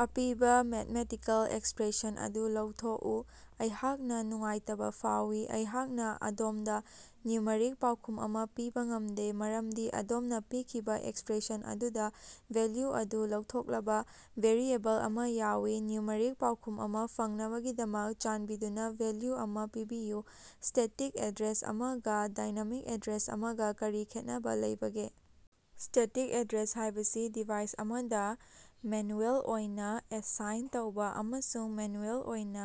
ꯑꯄꯤꯕꯥ mathematical expression ꯑꯗꯨ ꯂꯧꯊꯣꯛꯎ꯫ ꯑꯩꯍꯥꯛꯅꯥ ꯅꯨꯡꯉꯥꯏꯇꯕꯥ ꯐꯥꯎꯏ, ꯑꯩꯍꯥꯛꯅꯥ ꯑꯗꯣꯝꯗꯥ ꯅ꯭ꯌꯨꯃꯔꯤꯛ ꯄꯥꯎꯈꯨꯝ ꯑꯃꯥ ꯄꯤꯕꯥ ꯉꯝꯗꯦ ꯃꯔꯝꯗꯤ ꯑꯗꯣꯝꯅꯥ ꯄꯤꯈꯤꯕꯥ ꯑꯦꯛꯁꯄꯔꯦꯁꯟ ꯑꯗꯨꯗꯥ ꯚꯦꯜꯌꯨ ꯑꯗꯨ ꯂꯧꯊꯣꯛꯂꯕꯥ ꯚꯦꯔꯤꯑꯦꯕꯜ ꯑꯃꯥ ꯌꯥꯎꯏ꯫ ꯅ꯭ꯌꯨꯃꯔꯤꯛ ꯄꯥꯎꯈꯨꯝ ꯑꯃꯥ ꯐꯪꯅꯕꯒꯤꯗꯃꯛ, ꯆꯥꯟꯕꯤꯗꯨꯅꯥ ꯚꯦꯜꯌꯨ ꯑꯃꯥ ꯄꯤꯕꯤꯌꯨ꯫ꯁ꯭ꯇꯦꯇꯤꯛ ꯑꯦꯗ꯭ꯔꯦꯁ ꯑꯃꯒꯥ ꯗꯥꯏꯅꯥꯃꯤꯛ ꯑꯦꯗ꯭ꯔꯦꯁ ꯑꯃꯒꯥ ꯀꯔꯤ ꯈꯦꯠꯅꯕꯥ ꯂꯩꯕꯒꯦ? ꯁ꯭ꯇꯦꯇꯤꯛ ꯑꯦꯗ꯭ꯔꯦꯁ ꯍꯥꯏꯕꯁꯤ ꯗꯤꯚꯥꯏꯁ ꯑꯃꯗꯥ ꯃꯦꯅꯌꯨꯑꯦꯜ ꯑꯣꯏꯅꯥ ꯑꯦꯁꯥꯏꯟ ꯇꯧꯕꯥ ꯑꯃꯁꯨꯡ ꯃꯦꯅꯌꯨꯑꯦꯜ ꯑꯣꯏꯅꯥ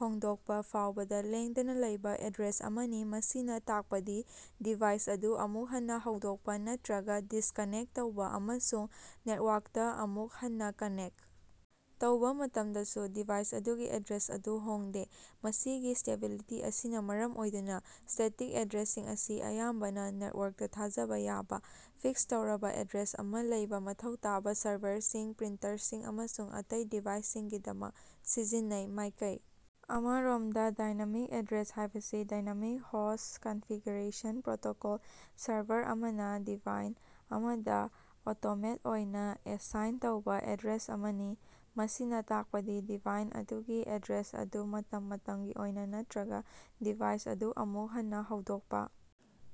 ꯍꯣꯡꯗꯣꯛꯄꯥ ꯐꯥꯎꯕꯗꯥ ꯂꯦꯡꯗꯅꯥ ꯂꯩꯕꯥ ꯑꯦꯗ꯭ꯔꯦꯁ ꯑꯃꯅꯤ꯫ ꯃꯁꯤꯅꯥ ꯇꯥꯛꯄꯗꯤ ꯗꯤꯚꯥꯏꯁ ꯑꯗꯨ ꯑꯃꯨꯛ ꯍꯟꯅꯥ ꯍꯧꯗꯣꯛꯄꯥ ꯅꯠꯇꯔ꯭ꯒꯥ ꯗꯤꯁꯀꯅꯦꯛꯇ ꯇꯧꯕꯥ ꯑꯃꯁꯨꯡ ꯅꯦꯠꯋꯥꯔꯛꯇꯥ ꯑꯃꯨꯛ ꯍꯟꯅꯥ ꯀꯅꯦꯛꯇ ꯇꯧꯕꯥ ꯃꯇꯝꯗꯁꯨ ꯗꯤꯚꯥꯏꯁ ꯑꯗꯨꯒꯤ ꯑꯦꯗ꯭ꯔꯦꯁ ꯑꯗꯨ ꯍꯣꯡꯗꯦ꯫ ꯃꯁꯤꯒꯤ ꯁ꯭ꯇꯦꯕꯤꯂꯤꯇꯤ ꯑꯁꯤꯅꯥ ꯃꯔꯝ ꯑꯣꯏꯗꯨꯅꯥ, ꯁ꯭ꯇꯦꯇꯤꯛ ꯑꯦꯗ꯭ꯔꯦꯁꯁꯤꯡ ꯑꯁꯤ ꯑꯌꯥꯝꯕꯅꯥ ꯅꯦꯠꯋꯥꯔꯛꯇꯥ ꯊꯥꯖꯕꯥ ꯌꯥꯕꯥ, ꯐꯤꯛꯁ ꯇꯧꯔꯕꯥ ꯑꯦꯗ꯭ꯔꯦꯁ ꯑꯃꯥ ꯂꯩꯕꯥ ꯃꯊꯧ ꯇꯥꯕꯥ ꯁꯔꯚꯔꯁꯤꯡ, ꯄ꯭ꯔꯤꯟꯇꯔꯁꯤꯡ ꯑꯃꯁꯨꯡ ꯑꯇꯩ ꯗꯤꯚꯥꯏꯁꯁꯤꯡꯒꯤꯗꯃꯛ ꯁꯤꯖꯤꯟꯅꯩ꯫ ꯃꯥꯏꯀꯩ ꯑꯃꯔꯣꯝꯗꯥ, ꯗꯥꯏꯅꯥꯃꯤꯛ ꯑꯦꯗ꯭ꯔꯦꯁ ꯍꯥꯏꯕꯁꯤ (dynamic host configuration protocol) server ꯑꯃꯅꯥ ꯗꯤꯚꯥꯏꯟ ꯑꯃꯗꯥ ꯑꯣꯇꯣꯃꯦꯠ ꯑꯣꯏꯅꯥ ꯑꯦꯁꯥꯏꯟ ꯇꯧꯕꯥ ꯑꯦꯗ꯭ꯔꯦꯁ ꯑꯃꯅꯤ꯫ ꯃꯁꯤꯅꯥ ꯇꯥꯛꯄꯗꯤ ꯗꯤꯚꯥꯏꯟ ꯑꯗꯨꯒꯤ ꯑꯦꯗ꯭ꯔꯦꯁ ꯑꯗꯨ ꯃꯇꯝ ꯃꯇꯝꯒꯤ ꯑꯣꯏꯅꯥ ꯅꯠꯇꯔ꯭ꯒꯥ ꯗꯤꯚꯥꯏꯁ ꯑꯗꯨ ꯑꯃꯨꯛ ꯍꯟꯅꯥ ꯍꯧꯗꯣꯛꯄꯥ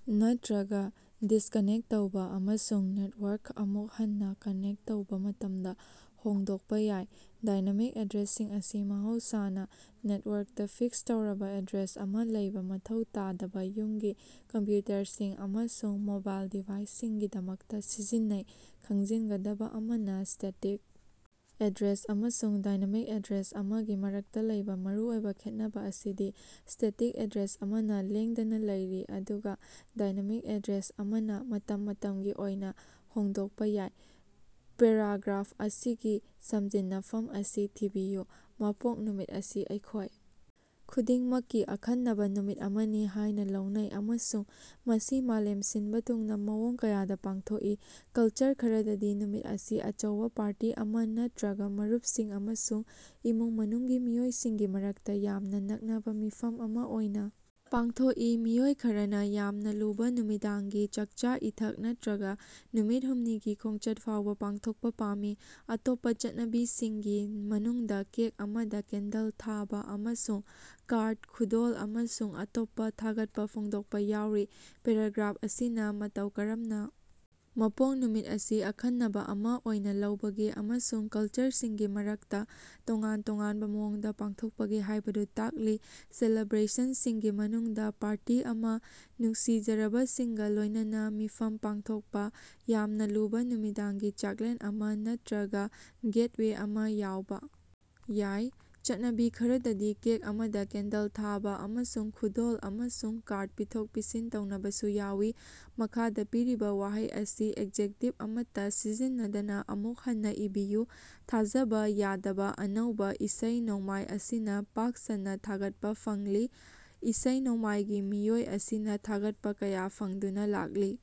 ꯅꯠꯇꯔ꯭ꯒꯥ ꯗꯤꯁꯀꯅꯦꯛꯇ ꯇꯧꯕꯥ ꯑꯃꯁꯨꯡ ꯅꯦꯠꯋꯥꯔꯛꯇꯥ ꯑꯃꯨꯛ ꯍꯟꯅꯥ ꯀꯅꯦꯛꯇ ꯇꯧꯕꯥ ꯃꯇꯝꯗꯥ ꯍꯣꯡꯗꯣꯛꯄꯥ ꯌꯥꯏ꯫ ꯗꯥꯏꯅꯥꯃꯤꯛ ꯑꯦꯗ꯭ꯔꯦꯁꯁꯤꯡ ꯑꯁꯤ ꯃꯍꯧꯁꯥꯅꯥ ꯅꯦꯇꯋꯥꯔꯛꯇꯥ ꯐꯤꯛꯁ ꯇꯧꯔꯕꯥ ꯑꯦꯗ꯭ꯔꯦꯁ ꯑꯃꯥ ꯂꯩꯕꯥ ꯃꯊꯧ ꯇꯥꯗꯕꯥ ꯌꯨꯝꯒꯤ ꯀꯝꯄꯌꯨꯇꯔꯁꯤꯡ ꯑꯃꯁꯨꯡ ꯃꯣꯕꯥꯏꯜ ꯗꯤꯚꯥꯏꯁꯁꯤꯡꯒꯤꯗꯃꯛꯇꯥ ꯁꯤꯖꯤꯟꯅꯩ꯫ ꯈꯪꯖꯤꯒꯗꯕꯥ ꯑꯃꯅꯥ, ꯁ꯭ꯇꯦꯇꯤꯛ ꯑꯦꯗ꯭ꯔꯦꯁ ꯑꯃꯁꯨꯡ ꯗꯥꯏꯅꯥꯃꯤꯛ ꯑꯦꯗ꯭ꯔꯦꯁ ꯑꯃꯒꯤ ꯃꯔꯛꯇꯥ ꯂꯩꯕꯥ ꯃꯔꯨꯑꯣꯏꯕꯥ ꯈꯦꯠꯅꯕꯥ ꯑꯁꯤꯗꯤ ꯁ꯭ꯇꯦꯇꯤꯛ ꯑꯦꯗ꯭ꯔꯦꯁ ꯑꯃꯅꯥ ꯂꯦꯡꯗꯅꯥ ꯂꯩꯔꯤ ꯑꯗꯨꯒꯥ ꯗꯥꯏꯅꯥꯃꯤꯛ ꯑꯦꯗ꯭ꯔꯦꯁ ꯑꯃꯅꯥ ꯃꯇꯝ ꯃꯇꯝꯒꯤ ꯑꯣꯏꯅꯥ ꯍꯣꯡꯗꯣꯛꯄꯥ ꯌꯥꯏ꯫ ꯄꯦꯔꯥꯒ꯭ꯔꯥꯐ ꯑꯁꯤꯒꯤ ꯁꯝꯖꯤꯟꯅꯐꯝ ꯑꯁꯤ ꯊꯤꯕꯤꯌꯨ: ꯃꯄꯣꯛ ꯅꯨꯃꯤꯠ ꯑꯁꯤ ꯑꯩꯈꯣꯏ ꯈꯨꯗꯤꯡꯃꯛꯀꯤ ꯑꯈꯟꯅꯕꯥ ꯅꯨꯃꯤꯠ ꯑꯃꯅꯤ ꯍꯥꯏꯅꯥ ꯂꯧꯅꯩ ꯑꯃꯁꯨꯡ ꯃꯁꯤ ꯃꯥꯂꯦꯝ ꯁꯤꯟꯕꯥ ꯊꯨꯡꯅꯥ ꯃꯑꯣꯡ ꯀꯌꯥꯗꯥ ꯄꯥꯡꯊꯣꯛꯏ꯫ ꯀꯜꯆꯔ ꯈꯔꯗꯗꯤ ꯅꯨꯃꯤꯠ ꯑꯁꯤ ꯑꯆꯧꯕꯥ ꯄꯥꯔꯇꯤ ꯑꯃꯥ ꯅꯠꯇꯔ꯭ꯒꯥ ꯃꯔꯨꯞꯁꯤꯡ ꯑꯃꯁꯨꯡ ꯏꯃꯨꯡ ꯃꯅꯨꯡꯒꯤ ꯃꯤꯑꯣꯏꯁꯤꯡꯒꯤ ꯃꯔꯛꯇꯥ ꯌꯥꯝꯅꯥ ꯅꯛꯅꯕꯥ ꯃꯤꯐꯝ ꯑꯃꯥ ꯑꯣꯏꯅꯥ ꯄꯥꯡꯊꯣꯛꯏ꯫ ꯃꯤꯑꯣꯏ ꯈꯔꯅꯥ ꯌꯥꯝꯅꯥ ꯂꯨꯕꯥ ꯅꯨꯃꯤꯗꯥꯡꯒꯤ ꯆꯥꯛꯆꯥ-ꯏꯊꯛ ꯅꯠꯇꯔ꯭ꯒꯥ ꯅꯨꯃꯤꯠ ꯍꯨꯝꯅꯤꯒꯤ ꯈꯣꯡꯆꯠ ꯐꯥꯎꯕꯥ ꯄꯥꯡꯊꯣꯛꯄꯥ ꯄꯥꯝꯃꯤ꯫ ꯑꯇꯣꯞꯄꯥ ꯆꯠꯅꯕꯤꯁꯤꯡꯒꯤ ꯃꯅꯨꯡꯗꯥ ꯀꯦꯛ ꯑꯃꯗꯥ ꯀꯦꯟꯗꯜ ꯊꯥꯕꯥ ꯑꯃꯁꯨꯡ ꯀꯥꯔꯗ, ꯈꯨꯗꯣꯜ ꯑꯃꯁꯨꯡ ꯑꯇꯣꯞꯄꯥ ꯊꯥꯒꯠꯄꯥ ꯐꯣꯡꯗꯣꯛꯄꯥ ꯌꯥꯎꯔꯤ꯫ ꯄꯦꯔꯥꯒ꯭ꯔꯥꯐ ꯑꯁꯤꯅꯥ ꯃꯇꯧ ꯀꯔꯝꯅꯥ ꯃꯄꯣꯛ ꯅꯨꯃꯤꯠ ꯑꯁꯤ ꯑꯈꯟꯅꯕꯥ ꯑꯃꯥ ꯑꯣꯏꯅꯥ ꯂꯧꯕꯒꯦ ꯑꯃꯁꯨꯡ ꯀꯜꯆꯔꯁꯤꯡꯒꯤ ꯃꯔꯛꯇꯥ ꯇꯣꯉꯥꯟ ꯇꯣꯉꯥꯟꯕꯥ ꯃꯑꯣꯡꯗꯥ ꯄꯥꯡꯊꯣꯛꯄꯒꯦ ꯍꯥꯏꯕꯗꯨ ꯇꯥꯛꯂꯤ꯫ ꯁꯦꯂꯦꯕ꯭ꯔꯦꯁꯟꯁꯤꯡꯒꯤ ꯃꯅꯨꯡꯗꯥ ꯄꯥꯔꯇꯤ ꯑꯃꯥ, ꯅꯨꯡꯁꯤꯖꯔꯕꯁꯤꯡꯒꯥ ꯂꯣꯏꯅꯅꯥ ꯃꯤꯐꯝ ꯄꯥꯡꯊꯣꯛꯄꯥ, ꯌꯥꯝꯅꯥ ꯂꯨꯕꯥ ꯅꯨꯃꯤꯗꯥꯡꯒꯤ ꯆꯥꯛꯂꯦꯟ ꯑꯃꯥ ꯅꯠꯇꯔ꯭ꯒꯥ ꯒꯦꯠꯋꯦ ꯑꯃꯥ ꯌꯥꯎꯕꯥ ꯌꯥꯏ꯫ ꯆꯠꯅꯕꯤ ꯈꯔꯗꯗꯤ ꯀꯦꯛ ꯑꯃꯗꯥ ꯀꯦꯟꯗꯜ ꯊꯥꯕꯥ ꯑꯃꯁꯨꯡ ꯈꯨꯗꯣꯜ ꯑꯃꯁꯨꯡ ꯀꯥꯔꯗ ꯄꯤꯊꯣꯛ-ꯄꯤꯁꯤꯟ ꯇꯧꯅꯕꯁꯨ ꯌꯥꯎꯏ꯫ ꯃꯈꯥꯗꯥ ꯄꯤꯔꯤꯕꯥ ꯋꯥꯍꯩ ꯑꯁꯤ ꯑꯦꯖꯦꯛꯇꯤꯚ ꯑꯃꯠꯇꯥ ꯁꯤꯖꯤꯟꯅꯗꯅꯥ ꯑꯃꯨꯛ ꯍꯟꯅꯥ ꯏꯕꯤꯌꯨ꯫ ꯊꯥꯖꯕꯥ ꯌꯥꯗꯕꯥ ꯑꯅꯧꯕꯥ ꯏꯁꯩ ꯅꯣꯡꯃꯥꯏ ꯑꯁꯤꯅꯥ ꯄꯥꯛ ꯁꯟꯅꯥ ꯊꯥꯒꯠꯄꯥ ꯐꯪꯂꯤ꯫ ꯏꯁꯩ ꯅꯣꯡꯃꯥꯏꯒꯤ ꯃꯤꯑꯣꯏ ꯑꯁꯤꯅꯥ ꯊꯥꯒꯠꯄꯥ ꯀꯌꯥ ꯐꯪꯗꯨꯅꯥ ꯂꯥꯛꯂꯤ꯫